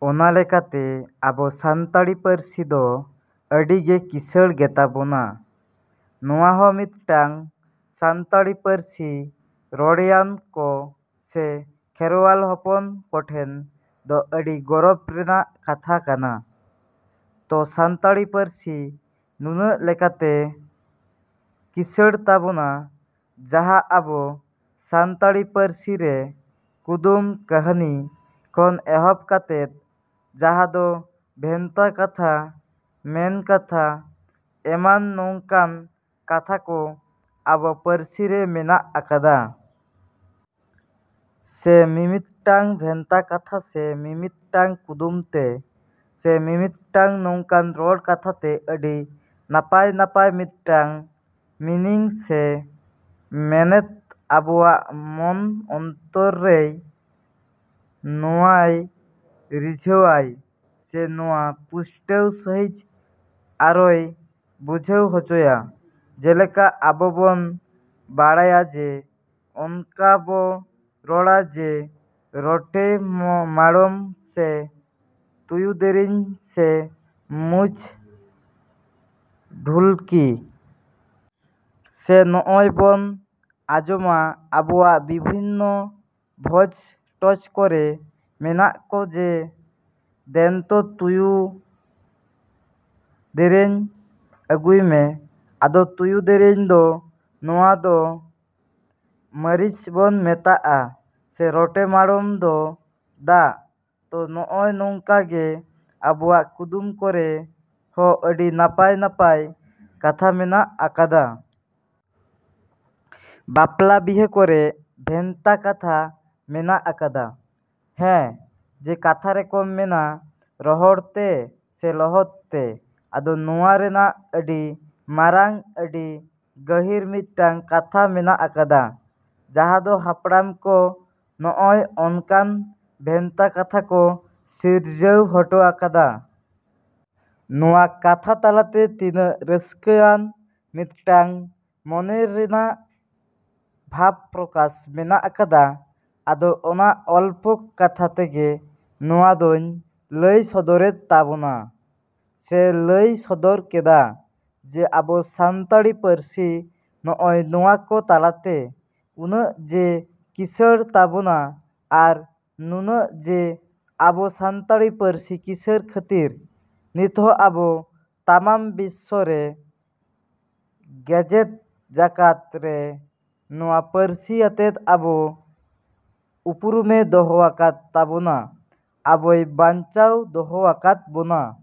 ᱚᱱᱟ ᱞᱮᱠᱟᱛᱮ ᱟᱵᱚ ᱥᱟᱱᱛᱟᱲᱤ ᱯᱟᱹᱨᱥᱤ ᱫᱚ ᱟᱹᱰᱤ ᱜᱮ ᱠᱤᱥᱟᱹᱬ ᱜᱮᱛᱟ ᱵᱚᱱᱟ᱾ ᱱᱚᱣᱟ ᱦᱚᱸ ᱢᱤᱫᱴᱟᱝ ᱥᱟᱱᱛᱟᱲᱤ ᱯᱟᱹᱨᱥᱤ ᱨᱚᱲᱣᱟᱱ ᱠᱚ ᱥᱮ ᱠᱷᱮᱨᱣᱟᱞ ᱦᱚᱯᱚᱱ ᱠᱚᱴᱷᱮᱱ ᱫᱚ ᱟᱹᱰᱤ ᱜᱚᱨᱚᱵᱽ ᱨᱮᱱᱟᱜ ᱠᱟᱛᱷᱟ ᱠᱟᱱᱟ᱾ ᱛᱚ ᱥᱟᱱᱛᱟᱲᱤ ᱯᱟᱹᱨᱥᱤ ᱱᱩᱱᱟᱹᱜ ᱞᱮᱠᱟᱛᱮ ᱠᱤᱥᱟᱹᱬ ᱛᱟᱵᱚᱱᱟ ᱡᱟᱦᱟᱸ ᱟᱵᱚ ᱥᱟᱱᱛᱟᱲᱤ ᱯᱟᱹᱨᱥᱤ ᱨᱮ ᱠᱩᱫᱩᱢ, ᱠᱟᱹᱦᱟᱹᱱᱤ ᱠᱷᱚᱱ ᱮᱦᱚᱵ ᱠᱟᱛᱮᱫ ᱡᱟᱦᱟᱸ ᱫᱚ ᱵᱷᱮᱱᱛᱟ ᱠᱟᱛᱷᱟ, ᱢᱮᱱ ᱠᱟᱛᱷᱟ, ᱮᱢᱟᱱ ᱱᱚᱝᱠᱟᱱ ᱠᱟᱛᱷᱟ ᱠᱚ ᱟᱵᱚ ᱯᱟᱹᱨᱥᱤ ᱨᱮ ᱢᱮᱱᱟᱜ ᱟᱠᱟᱫᱟ᱾ ᱥᱮ ᱢᱤᱢᱤᱫᱴᱟᱝ ᱵᱷᱮᱱᱛᱟ ᱠᱟᱛᱷᱟ ᱥᱮ ᱢᱤᱢᱤᱫᱴᱟᱝ ᱠᱩᱫᱩᱢ ᱛᱮ ᱥᱮ ᱢᱤᱢᱤᱫᱴᱟᱝ ᱱᱚᱝᱠᱟᱱ ᱨᱚᱲ ᱠᱟᱛᱷᱟ ᱛᱮ ᱟᱹᱰᱤ ᱱᱟᱯᱟᱭ-ᱱᱟᱯᱟᱭ ᱢᱤᱫᱴᱟᱝ ᱢᱤᱱᱤᱝ ᱥᱮ ᱢᱮᱱᱮᱛ ᱟᱵᱚᱣᱟᱜ ᱢᱚᱱ ᱚᱱᱛᱚᱨᱮᱭ ᱱᱚᱣᱟᱭ ᱨᱤᱡᱷᱟᱹᱣᱟᱭ ᱥᱮ ᱱᱚᱣᱟ ᱯᱩᱥᱴᱟᱹᱣ ᱥᱟᱺᱦᱤᱡ ᱟᱨᱚᱭ ᱵᱩᱡᱷᱟᱹᱣ ᱦᱚᱪᱚᱭᱟ᱾ ᱡᱮᱞᱮᱠᱟ ᱟᱵᱚ ᱵᱚᱱ ᱵᱟᱲᱟᱭᱟ ᱡᱮ ᱚᱱᱠᱟ ᱵᱚ ᱨᱚᱲᱟ ᱡᱮ ᱨᱚᱴᱮ ᱢᱟᱬᱚᱢ ᱥᱮ ᱛᱩᱭᱩ ᱫᱮᱨᱮᱧ ᱥᱮ ᱢᱩᱸᱡ ᱰᱷᱩᱞᱠᱤ᱾ ᱥᱮ ᱱᱚᱜᱼᱚᱭ ᱵᱚᱱ ᱟᱡᱚᱢᱟ ᱟᱵᱚᱣᱟᱜ ᱵᱤᱵᱷᱤᱱᱱᱚ ᱵᱷᱚᱡᱽ ᱴᱚᱡᱽ ᱠᱚᱨᱮ ᱢᱮᱱᱟᱜ ᱠᱚ ᱡᱮ ᱫᱮᱱ ᱛᱚ ᱛᱩᱭᱩ ᱫᱮᱨᱮᱧ ᱟᱹᱜᱩᱭ ᱢᱮ᱾ ᱟᱫᱚ ᱛᱩᱭᱩ ᱫᱮᱨᱮᱧ ᱫᱚ ᱱᱚᱣᱟ ᱫᱚ ᱢᱟᱹᱨᱤᱪ ᱵᱚᱱ ᱢᱮᱛᱟᱜᱼᱟ ᱥᱮ ᱨᱚᱴᱮ ᱢᱟᱬᱚᱢ ᱫᱚ ᱫᱟᱜ᱾ ᱛᱚ ᱱᱚᱜᱼᱚᱭ ᱱᱚᱝᱠᱟ ᱜᱮ ᱟᱵᱚᱣᱟᱜ ᱠᱩᱫᱩᱢ ᱠᱚᱨᱮ ᱦᱚᱸ ᱟᱹᱰᱤ ᱱᱟᱯᱟᱭᱼᱱᱟᱯᱟᱭ ᱠᱟᱛᱷᱟ ᱢᱮᱱᱟᱜ ᱟᱠᱟᱫᱟ᱾ ᱵᱟᱯᱞᱟ ᱵᱤᱦᱟᱹ ᱠᱚᱨᱮ ᱵᱷᱮᱱᱛᱟ ᱠᱟᱛᱷᱟ ᱢᱮᱱᱟᱜ ᱟᱠᱟᱫᱟ᱾ ᱦᱮᱸ ᱡᱮ ᱠᱟᱛᱷᱟ ᱨᱮᱠᱚ ᱢᱮᱱᱟ ᱨᱚᱦᱚᱲ ᱛᱮ ᱥᱮ ᱞᱚᱦᱚᱫ ᱛᱮ᱾ ᱟᱫᱚ ᱱᱚᱣᱟ ᱨᱮᱱᱟᱜ ᱟᱹᱰᱤ ᱢᱟᱨᱟᱝ ᱟᱹᱰᱤ ᱜᱟᱹᱦᱤᱨ ᱢᱤᱫᱴᱟᱝ ᱠᱟᱛᱷᱟ ᱢᱮᱱᱟᱜ ᱟᱠᱟᱫᱟ ᱡᱟᱦᱟᱸ ᱫᱚ ᱦᱟᱯᱲᱟᱢ ᱠᱚ ᱱᱚᱜᱼᱚᱭ ᱚᱱᱠᱟᱱ ᱵᱷᱮᱱᱛᱟ ᱠᱟᱛᱷᱟ ᱠᱚ ᱥᱤᱨᱡᱟᱹᱣ ᱦᱚᱴᱚ ᱟᱠᱟᱫᱟ᱾ ᱱᱚᱣᱟ ᱠᱟᱛᱷᱟ ᱛᱟᱞᱟᱛᱮ ᱛᱤᱱᱟᱹᱜ ᱨᱟᱹᱥᱠᱟᱹᱣᱟᱱ ᱢᱤᱫᱴᱟᱝ ᱢᱚᱱᱮ ᱨᱮᱱᱟᱜ ᱵᱷᱟᱵᱽ ᱯᱨᱚᱠᱟᱥ ᱢᱮᱱᱟᱜ ᱟᱠᱟᱫᱟ᱾ ᱟᱫᱚ ᱚᱱᱟ ᱚᱞᱯᱚ ᱠᱟᱛᱷᱟ ᱛᱮᱜᱮ ᱱᱚᱣᱟ ᱫᱚᱹᱧ ᱞᱟᱹᱭ ᱥᱚᱫᱚᱨᱮᱫ ᱛᱟᱵᱚᱱᱟ ᱥᱮᱧ ᱞᱟᱹᱭ ᱥᱚᱫᱚᱨ ᱠᱮᱫᱟ ᱡᱮ ᱟᱵᱚ ᱥᱟᱱᱛᱟᱲᱤ ᱯᱟᱹᱨᱥᱤ ᱱᱚᱜᱼᱚᱭ ᱱᱚᱣᱟ ᱠᱚ ᱛᱟᱞᱟᱛᱮ ᱱᱩᱱᱟᱹᱜ ᱡᱮ ᱠᱤᱥᱟᱹᱬ ᱛᱟᱵᱚᱱᱟ ᱟᱨ ᱱᱩᱱᱟᱹᱜ ᱡᱮ ᱟᱵᱚ ᱥᱟᱱᱛᱟᱲᱤ ᱯᱟᱹᱨᱥᱤ ᱠᱤᱥᱟᱹᱲ ᱠᱷᱟᱹᱛᱤᱨ ᱱᱤᱛᱦᱚᱸ ᱟᱵᱚ ᱛᱟᱢᱟᱢ ᱵᱤᱥᱥᱚ ᱨᱮ ᱜᱮᱡᱮᱛ ᱡᱟᱠᱟᱛ ᱨᱮ ᱱᱚᱣᱟ ᱯᱟᱹᱨᱥᱤ ᱟᱛᱮᱫ ᱟᱵᱚ ᱩᱯᱨᱩᱢᱮ ᱫᱚᱦᱚ ᱟᱠᱟᱫ ᱛᱟᱵᱚᱱᱟ, ᱟᱵᱚᱭ ᱵᱟᱧᱪᱟᱣ ᱫᱚᱦᱚ ᱟᱠᱟᱫ ᱵᱚᱱᱟ᱾।